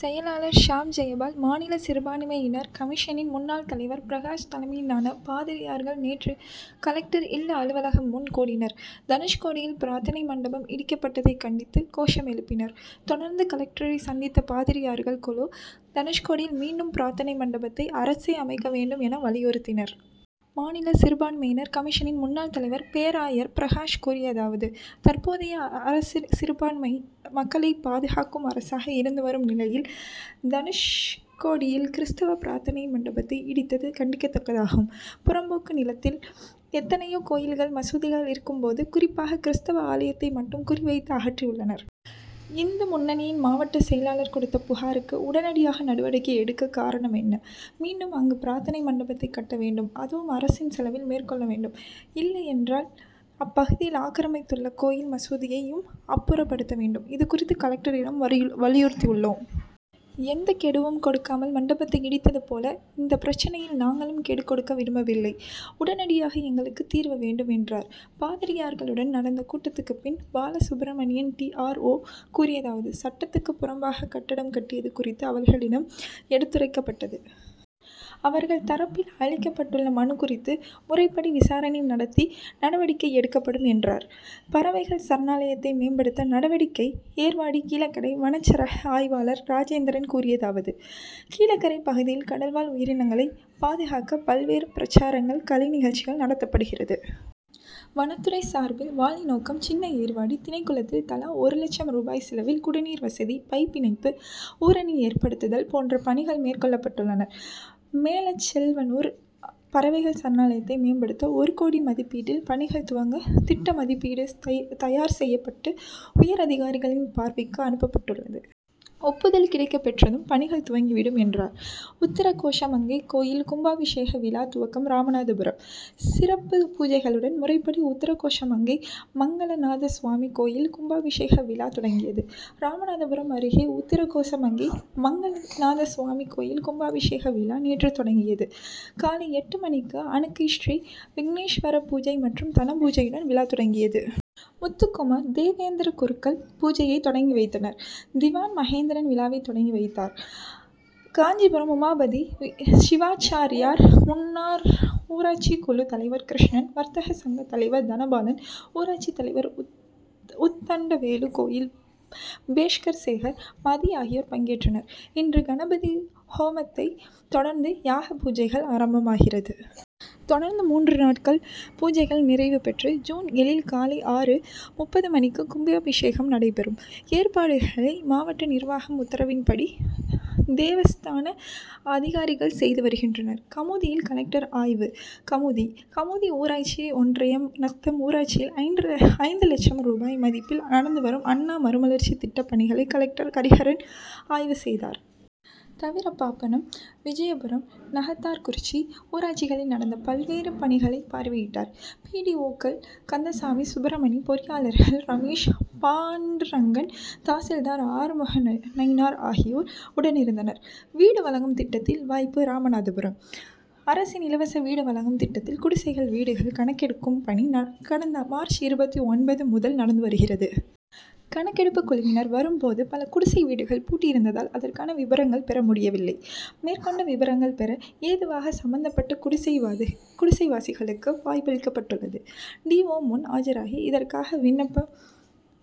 செயலாளர் ஷாம் ஜெயபால், மாநில சிறுபான்மையினர் கமிஷனின் முன்னாள் தலைவர் பிரகாஷ் தலைமையிலான பாதிரியார்கள் நேற்று கலெக்டர் இல்ல அலுவலகம் முன் கூடினர். தனுஷ்கோடியில் பிரார்த் தனை மண்டபம் இடிக்கப் பட்டதை கண்டித்து கோஷம் எழுப்பினர். தொடர்ந்து கலெக்டரை சந்தித்த பாதிரியார்கள் குழு, தனுஷ்கோடியில் மீண்டும் பிரார்த்தனை மண்டபத்தை அரசே அமைக்க வேண்டும், என, வலியுறுத்தினர். மாநில சிறுபான்மையினர் கமிஷனின் முன்னாள் தலைவர் பேராயர் பிரகாஷ் கூறியதாவது: தற்போதைய அரசு சிறுபான்மை மக்களை பாதுகாக்கும் அரசாக இருந்து வரும் நிலையில், தனுஷ் கோடியில் கிறிஸ்தவ பிரார்த்தனை மண்டபத்தை இடித்தது கண்டிக்கதக்கதாகும். புறம்போக்கு நிலத்தில் எத்தனையோ கோயில்கள், மசூதிகள் இருக்கும் போது, குறிப் பாக கிறிஸ்தவ ஆலயத்தை மட்டும் குறிவைத்து அகற்றி உள்ளனர். இந்து முன்னணியின் மாவட்ட செயலாளர் கொடுத்த புகாருக்கு உடனடியாக நடவடிக்கை எடுக்க காரணம் என்ன? மீண்டும் அங்கு பிரார்த்தனை மண்டபத்தை கட்ட வேண்டும். அதுவும் அரசின் செலவில் மேற்கொள்ள வேண்டும். இல்லையென்றால் அப்பகுதியில் ஆக்கிரமித்துள்ள கோயில், மசூதியையும் அப்புறப்படுத்த வேண்டும். இது குறித்து கலெக்டரிடம் வலியுறுத்தியுள்ளோம். எந்த கெடுவும் கொடுக்காமல் மண்டபத்தை இடித்தது போல, இந்த பிரச்னையில் நாங்களும் கெடு கொடுக்க விரும்பவில்லை. உடனடியாக எங்களுக்கு தீர்வு வேண்டும், என்றார். பாதிரியார்களுடன் நடந்த கூட்டத்துக்கு பின் பாலசுப்பிரமணியன் டி. ஆர். ஓ., கூறியதாவது: சட்டத்துக்கு புறம்பாக கட்டடம் கட்டியது குறித்து அவர்களிடம் எடுத்துரைக் கப்பட்டது. அவர்கள் தரப்பில் அளிக்கப் பட்டுள்ள மனு குறித்து முறைப்படி விசாரணை நடத்தி நடவடிக்கை எடுக்கப்படும், என்றார். பறவைகள் சரணாலயத்தை மேம்படுத்த நடவடிக்கை ஏர்வாடி கீழக்கரை வனச்சரக ஆய்வாளர் ராஜேந்திரன் கூறியதாவது: கீழக்கரை பகுதியில் கடல் வாழ் உயிரினங்களை பாதுகாக்க பல் வேறு பிரசாரங்கள், கலை நிகழ்ச்சிகள் நடத்தப்படுகிறது. வனத்துறை சார்பில் வாலிநோக்கம், சின்ன ஏர்வாடி, தினைக்குளத்தில் தலா ஒரு லட்சம் ரூபாய் செலவில் குடிநீர்வசதி, பைப் இணைப்பு, ஊரணி ஏற்படுத்துதல் போன்ற பணிகள் மேற் கொள்ளப் பட்டுள்ளன. மேலச் செல் வனூர் பறவைகள் சரணாலயத்தை மேம்படுத்த ஒருகோடி மதிப்பீட்டில் பணிகள் துவங்க திட்ட மதிப்பீடு தயார் செய்யப் பட்டு உயர் அதிகாரிகளின் பார் வைக்கு அனுப் பப்பட் டுள்ளது. ஒப்புதல் கிடைக் கப் பெற்றதும் பணிகள் துவங்கி விடும், என்றார். உத்திரகோசமங்கை கோயில் கும்பாபிஷேக விழா துவக்கம் ராமநாதபுரம்: சிறப்பு பூஜைகளுடன் முறைப்படி உத்திரகோசமங்கை மங்களநாதசுவாமி கோயில் கும்பாபிஷேக விழா தொடங்கியது. ராமநாதபுரம் அருகே உத்திரகோசமங்கை மங்களநாதசுவாமி கோயில் கும்பாபிஷேக விழா நேற்று தொடங்கியது. காலை எட்டு மணிக்கு அனுக்கை ஸ்ரீ விக்னேஷ்வர பூஜை மற்றும் தனபூஜையுடன் விழா தொடங்கியது. முத்துக்குமார், தேவேந்திர குருக்கள் பூஜையை தொடங்கி வைத்தனர். திவான் மகேந்திரன் விழாவை தொடங்கி வைத்தார். காஞ்சிபுரம் உமாபதி சிவாச்சார்யார், முன்னார் ஊராட்சி குழு தலைவர் கிருஷ்ணன், வர்த்தக சங்க தலைவர் தனபாலன், ஊராட்சி தலைவர் உத்தண்டவேலு, கோயில் பேஸ்கர் சேகர், மதி ஆகியோர் பங்கேற்றனர். இன்று கணபதி ஹோமத்தை தொடர்ந்து யாக பூஜைகள் ஆரம்பமாகிறது. தொடர்ந்து மூன்று நாட்கள் பூஜைகள் நிறைவு பெற்று, ஜூன் ஏழில் காலை ஆறு.முப்பது மணிக்கு கும்பாபிஷேகம் நடைபெறும். ஏற்பாடுகளை மாவட்ட நிர்வாகம் உத்தரவின்படி தேவஸ்தான அதிகாரிகள் செய்து வருகின்றனர். கமுதியில் கலெக்டர் ஆய்வு கமுதி: கமுதி ஊராட்சி ஒன்றியம் நத்தம் ஊராட்சியில் ஐந்து லட்சம் ரூபாய் மதிப்பில் நடந்து வரும் அண்ணா மறுமலர்ச்சி திட்ட பணிகளை கலெக்டர் ஹரிஹரன் ஆய்வு செய்தார். தவிர பாப்பனம், விஜயபுரம், நகரத்தார்குறிச்சி ஊராட்சிகளில் நடந்த பல்வேறு பணிகளையும் பார்வையிட்டார். பி. டி. ஓ.,கள் கந்தசாமி, சுப்பிரமணி, பொறி யாளர்கள் ரமேஷ், பாண்டுரங்கன், தாசில்தார் ஆறுமுகநயினார் ஆகியோர் உடனிருந்தனர். வீடு வழங்கும் திட்டத்தில் வாய்ப்பு ராமநாதபுரம்: அரசின் இலவச விடு வழங்கும் திட்டத்தில் குடிசைகள் வீடுகள் கணக்கெடுக்கும் பணி கடந்த மார்ச் இருபத்து ஒன்பது முதல் நடந்து வருகிறது. கணக்கெடுப்பு குழுவினர் வரும் போது பல குடிசை வீடுகள் பூட்டியிருந்ததால் அதற்கான விபரங்கள் பெற முடியவில்லை. மேற்கொண்ட விபரங்கள் பெற ஏதுவாக சம்மந்தப் பட்ட குடிசைவாசிகளுக்கு வாய்ப்பளிக்கப்பட்டுள்ளது. டி. ஓ., முன் ஆஜராகி, இதற்காக விண்ணப்